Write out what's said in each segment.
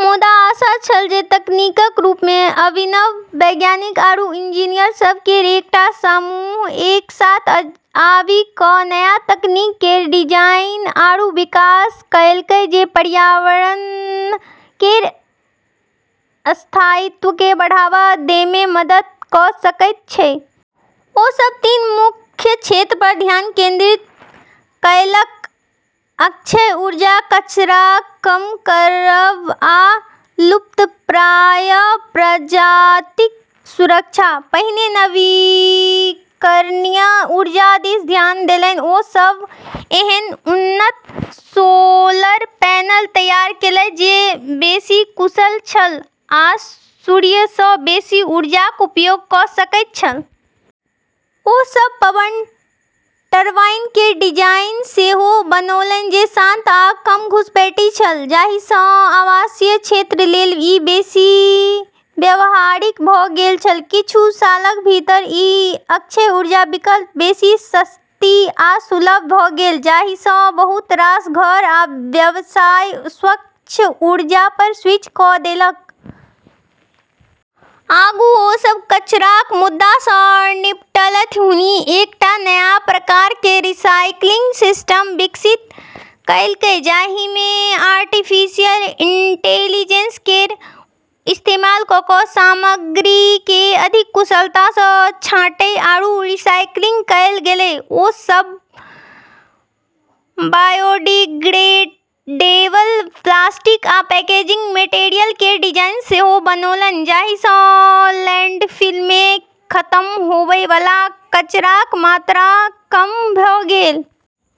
मुदा आशा छल - तकनीकक रूपमे। अभिनव वैज्ञानिक आरू इंजीनियर सभ केर एकटा समूह एक साथ आबी कऽ नया तकनीक केर डिजाइन आरू विकास कएलकै जे पर्यावरण केर स्थायित्वकेँ बढ़ावा दैमे मदद कऽ सकैत छै। ओ सब तीन मुख्य क्षेत्रपर ध्यान केंद्रित कएलक: अक्षय ऊर्जा, कचरा कम करब, आ लुप्तप्राय प्रजातिक सुरक्षा। पहिने नवीकरणीय ऊर्जा दिस ध्यान देलनि। ओ सब एहन उन्नत सोलर पैनल तैयार केलथि जे बेसी कुशल छल आ सूर्यसँ बेसी ऊर्जाक उपयोग कऽ सकैत छल। ओ सब पवन टरबाइन केर डिजाइन सेहो बनौलनि जे शांत आ कम घुसपैठिया छल, जाहिंसँ आवासीय क्षेत्र लेल ई बेसी व्यावहारिक भऽ गेल छल। किछु सालक भीतर ई अक्षय ऊर्जा विकल्प बेसी सस्ती आ सुलभ भऽ गेल, जाहिंसँ बहुत रास घर आ व्यवसाय स्वच्छ ऊर्जापर स्विच कऽ देलक। आगू ओ सब कचराक मुद्दासँ निपटलथि। हुनी एकटा नया प्रकार केर रीसाइक्लिंग सिस्टम विकसित कएलकै जाहिमे आर्टिफिशियल इंटेलिजेंस केर इस्तेमाल कऽ कऽ सामग्रीकेँ अधिक कुशलतासँ छाँटै आरू रिसाइकिल कएल गेलै। ओ सब बायोडिग्रेडेबल प्लास्टिक आ पैकेजिंग मटेरियल केर डिजाइन सेहो बनौलनि, जाहिंसँ लैंडफिलमे खतम होबैवाला कचराक मात्रा कम भऽ गेल।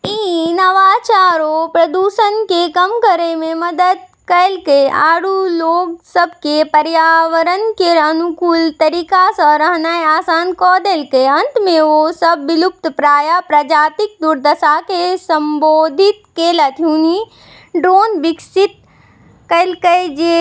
ई नवाचारो प्रदूषणकेँ कम करैमे मदद कएलकै, आरू लोग सभकेँ पर्यावरण केर अनुकूल तरीकासँ रहनाय आसान कऽ देलकै। अंतमे ओ सब विलुप्तप्राय प्रजातिक दुर्दशाकेँ संबोधित केलथि। हुनी ड्रोन विकसित कएलकै जे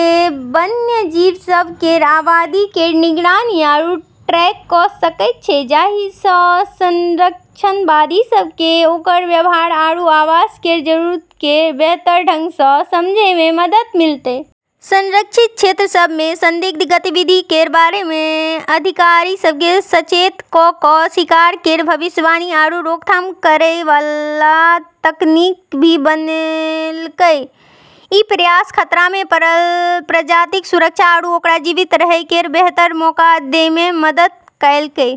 वन्यजीव सभ केर आबादी केर निगरानी आरू ट्रैक कऽ सकैत छै, जाहिंसँ संरक्षणवादी सभकेँ ओकर व्यवहार आरू आवास केर जरूरतकेँ बेहतर ढंगसँ समझैमे मदद मिलतै। संरक्षित क्षेत्र सभमे संदिग्ध गतिविधि केर बारेमे अधिकारिसभकेँ सचेत कऽ कऽ, शिकार केर भविष्यवाणी आरू रोकथाम करैवाला तकनीक भी बनेलकै। ई प्रयास खतरामे पड़ल प्रजातिक सुरक्षा आरू ओकरा जीवित रहै केर बेहतर मौका दैमे मदद कएलकै।